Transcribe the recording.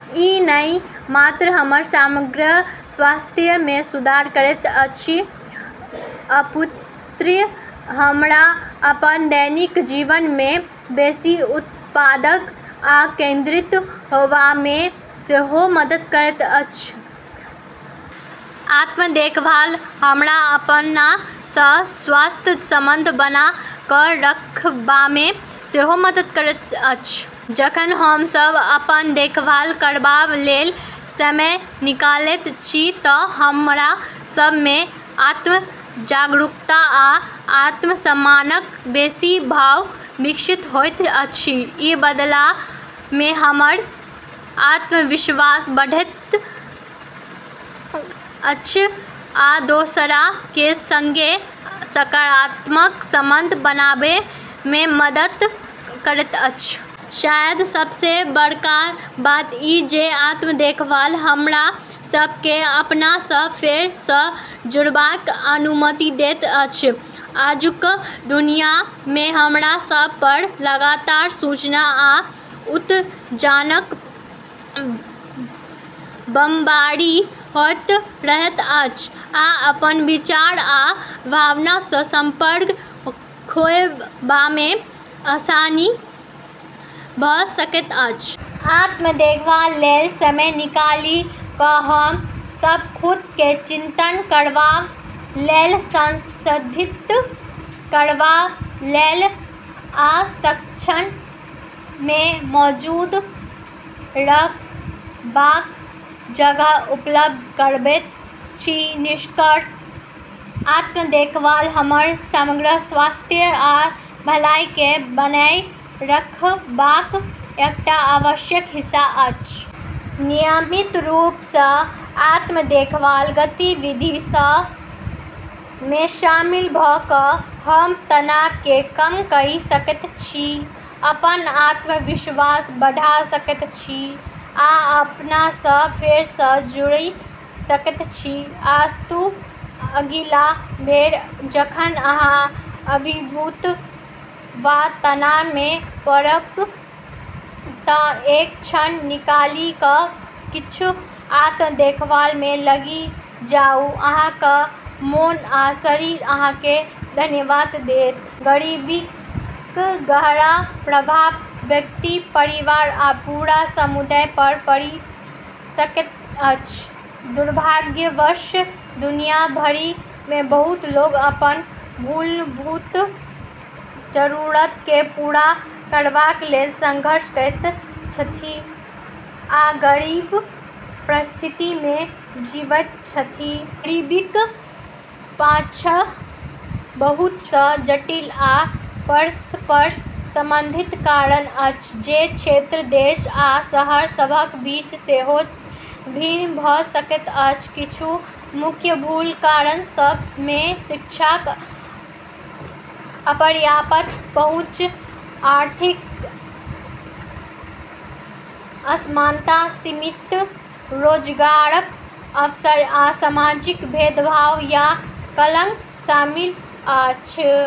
ई नहि मात्र हमर समग्र स्वास्थ्य मे सुधार करैत अछि, अपितु हमरा अपन दैनिक जीवन मे बेसी उत्पादक आ केंद्रित होएबामे सेहो मदद करैत अछि। आत्म-देखभाल हमरा अपना सँ स्वस्थ संबंध बना कऽ रखबामे सेहो मदद करैत अछि। जखन हम सभ अपन देखभाल करबा लेल समय निकालैत छी तँ हमरा सभ मे आत्म-जागरूकता आ आत्मसम्मानक बेसी भाव विकसित होइत अछि। ई बदला मे हमर आत्मविश्वास बढ़ाबैत अछि आ दोसरा केँ संगे सकारात्मक संबंध बनाबामे मदद करैत अछि। शायद सबसँ बड़का बात ई जे आत्म-देखभाल हमरा सभ केँ अपना सँ फेर सँ जुड़बाक अनुमति दैत अछि। आजुक दुनिया मे हमरा सभ पर लगातार सूचना आ उत्तेजनाक बमबारी होइत रहैत अछि, आ अपन विचार आ भावना सँ संपर्क खोएबामे आसानी भऽ सकैत अछि। आत्म-देखभाल लेल समय निकालि कऽ हम सब खुद केँ चिंतन करबा लेल, संसाधित करबा लेल आ क्षण मे मौजूद रहबाक जगह उपलब्ध करबैत छी। निष्कर्षतः, आत्म-देखभाल हमर समग्र स्वास्थ्य आ भलाइ केँ बनाए रखबाक एकटा आवश्यक हिस्सा अछि। नियमित रूप सँ आत्म-देखभाल गतिविधि सभ मे शामिल भऽ कऽ हम तनाव केँ कम कइ सकैत छी, अपन आत्मविश्वास बढ़ा सकैत छी आ अपना सँ फेर सँ जुड़ि सकैत छी। अस्तु अगिला बेर जखन अहाँ अभिभूत वा तनाव मे पड़ब तँ एक क्षण निकालि कऽ किछु आत्म-देखभाल मे लागि जाउ - अहाँक मोन आ शरीर अहाँ केँ धन्यवाद देत। गरीबीक गहरा प्रभाव व्यक्ति, परिवार आ पूरा समुदाय पर पड़ि सकैत अछि। दुर्भाग्यवश दुनिया भरि मे बहुत लोक अपन मूलभूत जरूरत केँ पूरा करबा लेल संघर्ष करैत छथि आ गरीब परिस्थिति मे जीबैत छथि। गरीबीक पाछाँ बहुत सँ जटिल आ परस्पर संबंधित कारण अछि जे क्षेत्र, देश, आ शहर सभक बीच सेहो भिन्न भऽ सकैत अछि। किछु मुख्य मूल कारण सभ मे शिक्षाक अपर्याप्त पहुँच, आर्थिक असमानता, सीमित रोजगारक अवसर, आ सामाजिक भेदभाव या कलंक शामिल अछि।